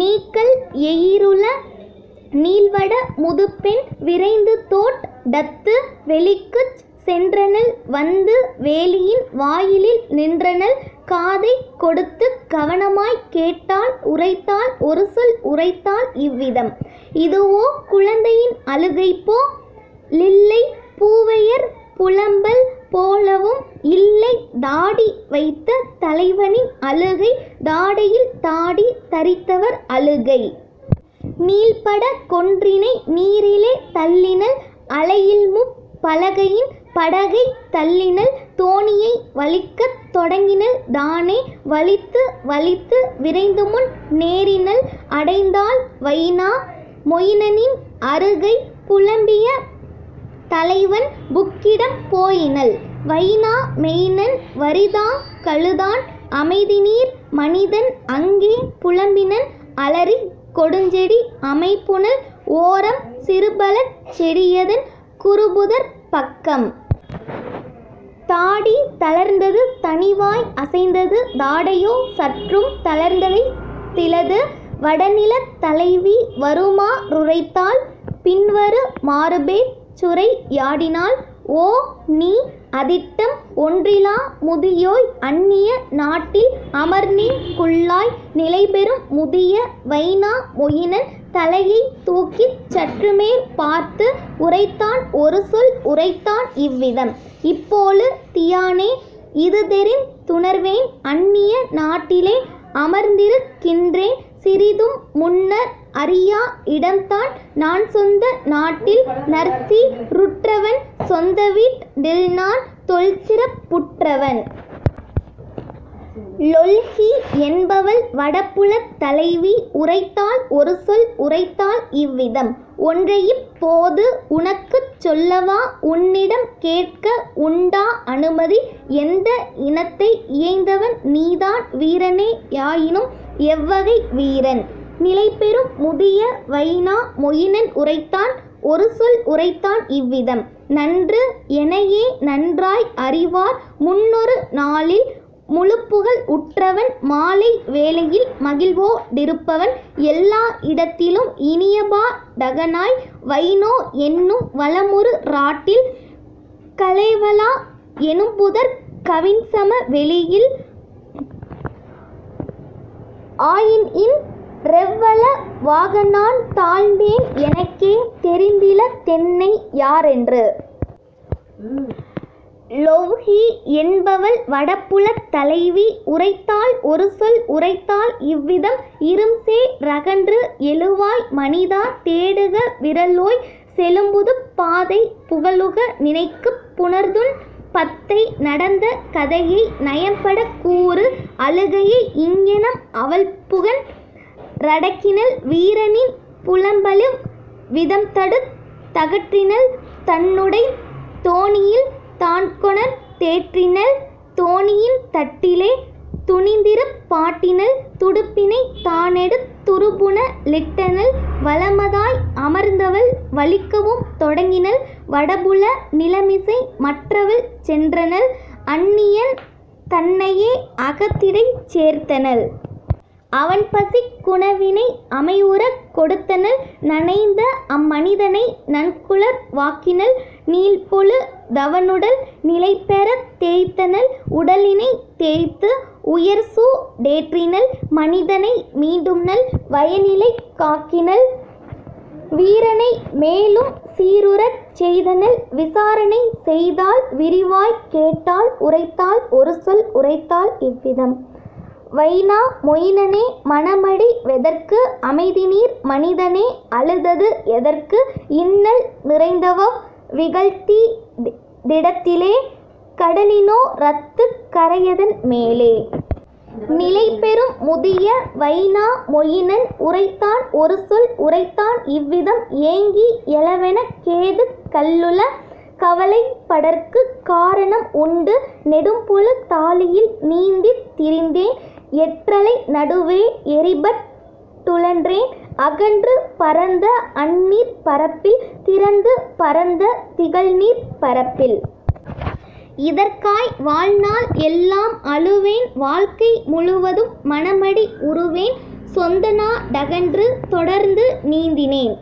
நீக்கல் எயிறுள நீள்வட முதுபெண் விரைந்துதோட் Datuk வெளிக்குச் சென்றனள் வந்து வேலியின் வாயிலில் நின்றனள்; காதைக் கொடுத்துக் கவனமாய்க் கேட்டாள் உரைத்தாள் ஒருசொல் உரைத்தாள் இவ்விதம்: "இதுவோ குழந்தையின் அழுகைபோ லில்லை பூவையர் புலம்பல் போலவும் இல்லை தாடி வைத்த தலைவனின் அழுகை தாடையில் தாடி தரித்தவர் அழுகை. " நீள்பட கொன்றினை நீரிலே தள்ளினள் அலையில்முப் பலகையின் படகைத் தள்ளினள் தோணியை வலிக்கத் தொடங்கினள் தானே வலித்து வலித்து விரைந்துமுன் னேறினள் அடைந்தாள் வைனா மொயினனின் அருகை புலம்பிய தலைவன் புக்கிடம் போயினள். வைனா மெயினன் வறிதாங் கழுதான் அமைதிநீர் மனிதன் அங்கே புலம்பினன் அலரிக் கொடுஞ்செடி அமைபுனல் ஓரம் சிறுபழச் செடியதன் குறுபுதர்ப் பக்கம். தாடி தளர்ந்தது தனிவாய் அசைந்தது தாடையோ சற்றும் தளர்ந்தசைந் திலது. வடநிலத் தலைவி வருமா றுரைத்தாள்: பின்வரு மாறுபேச் சுரை யாடினாள்: "ஓ, நீ, அதிட்டம் ஒன்றிலா முதியோய்! அன்னிய நாட்டில் அமர்ந்தீங் குள்ளாய். " நிலைபெறும் முதிய வைனா மொயினன் தலையை தூக்கிச் சற்றுமேற் பார்த்து உரைத்தான் ஒருசொல் உரைத்தான் இவ்விதம்: "இப்போழு தியானே இதுதெரிந் துணர்வேன் அன்னிய நாட்டிலே அமர்ந்திருக் கின்றேன் சிறிதும் முன்னர் அறியா இடம்தான் நான்சொந்த நாட்டில் நற்சீ ருற்றவன் சொந்தவீட் டில்நான் தொல்சிறப் புற்றவன். " லொவ்ஹி என்பவள் வடபுலத் தலைவி உரைத்தாள் ஒருசொல் உரைத்தாள் இவ்விதம்: "ஒன்றையிப் போது உனக்குச் சொல்லவா உன்னிடம் கேட்க உண்டா அனுமதி எந்த இனத்தை இயைந்தவன் நீதான் வீரனே யாயினும் எவ்வகை வீரன்? " நிலைபெறும் முதிய வைனா மொயினன்உரைத்தான் ஒருசொல் உரைத்தான் இவ்விதம்: "நன்று, எனையே நன்றாய் அறிவார், முன்னொரு நாளில் முழுப்புகழ் உற்றவன் மாலை வேளையில் மகிழ்வோ டிருப்பவன் எல்லா இடத்திலும் இனியபா டகனாய் வைனோ என்னும் வளமுறு றாட்டில் கலேவலா எனும்புதர்க் கவின்சம வெளியில் ஆயின்இன் றெவ்வள வாகநான் தாழ்ந்தேன் எனக்கே தெரிந்தில தென்னை யாரென்று. " லொவ்ஹி என்பவள் வடபுலத் தலைவி உரைத்தாள் ஒருசொல் உரைத்தாள் இவ்விதம்: "இரும்சே றகன்று எழுவாய் மனிதா தேடுக விறலோய் செழும்புதுப் பாதை புகலுக நினக்குப் புணர்துன் பத்தை நடந்த கதையை நயம்படக் கூறு. " அழுகையை இங்ஙனம் அவள்புகன் றடக்கினள் வீரனின் புலம்பலிவ் விதம்தடுத் தகற்றினள் தன்னுடைத் தோணியில் தான்கொணர்ந் தேற்றினள் தோணியின் தட்டிலே துணிந்திருப் பாட்டினள் துடுப்பினைத் தானெடுத் துறுபுன லிட்டனள் வளமதாய் அமர்ந்தவள் வலிக்கவும் தொடங்கினள் வடபுல நிலமிசை மற்றவள் சென்றனள் அன்னியன் தன்னையே அகத்திடைச் சேர்த்தனள். அவன்பசிக் குணவினை அமைவுறக் கொடுத்தனள் நனைந்த அம்மனிதனை நன்குலர் வாக்கினள் நீள்பொழு தவனுடல் நிலைபெறத் தேய்த்தனள் உடலினைத் தேய்த்து உயர்சூ டேற்றினள் மனிதனை மீண்டும்நல் வயநிலைக் காக்கினள் வீரனை மேலும் சீருறச் செய்தனள் விசாரணை செய்தாள் விரிவாய்க் கேட்டாள் உரைத்தாள் ஒருசொல் உரைத்தாள் இவ்விதம்: "வைனா மொயினனே மனமடி வெதற்கு அமைதிநீர் மனிதனே அழுதது எதற்கு இன்னல் நிறைந்தவவ் விகல்தீ திடத்திலே கடலினோ ரத்துக் கரையதன் மேலே? " நிலைபெறும் முதிய வைனா மொயினன் உரைத்தான் ஒருசொல் உரைத்தான் இவ்விதம்: "ஏங்கி யழவெனக் கேதுக் கள்ளுள கவலைப் படற்குக் காரணம் உண்டு நெடும்பொழு தாழியில் நீந்தித் திரிந்தேன் எற்றலை நடுவே எறிபட் டுழன்றேன் அகன்று பரந்த அந்நீர்ப் பரப்பில் திறந்து பரந்த திகழ்நீர்ப் பரப்பில். இதற்காய் வாழ்நாள் எல்லாம் அழுவேன் வாழ்க்கை முழுவதும் மனமடி வுறுவேன் சொந்தநா டகன்று தொடர்ந்து நீந்தினேன்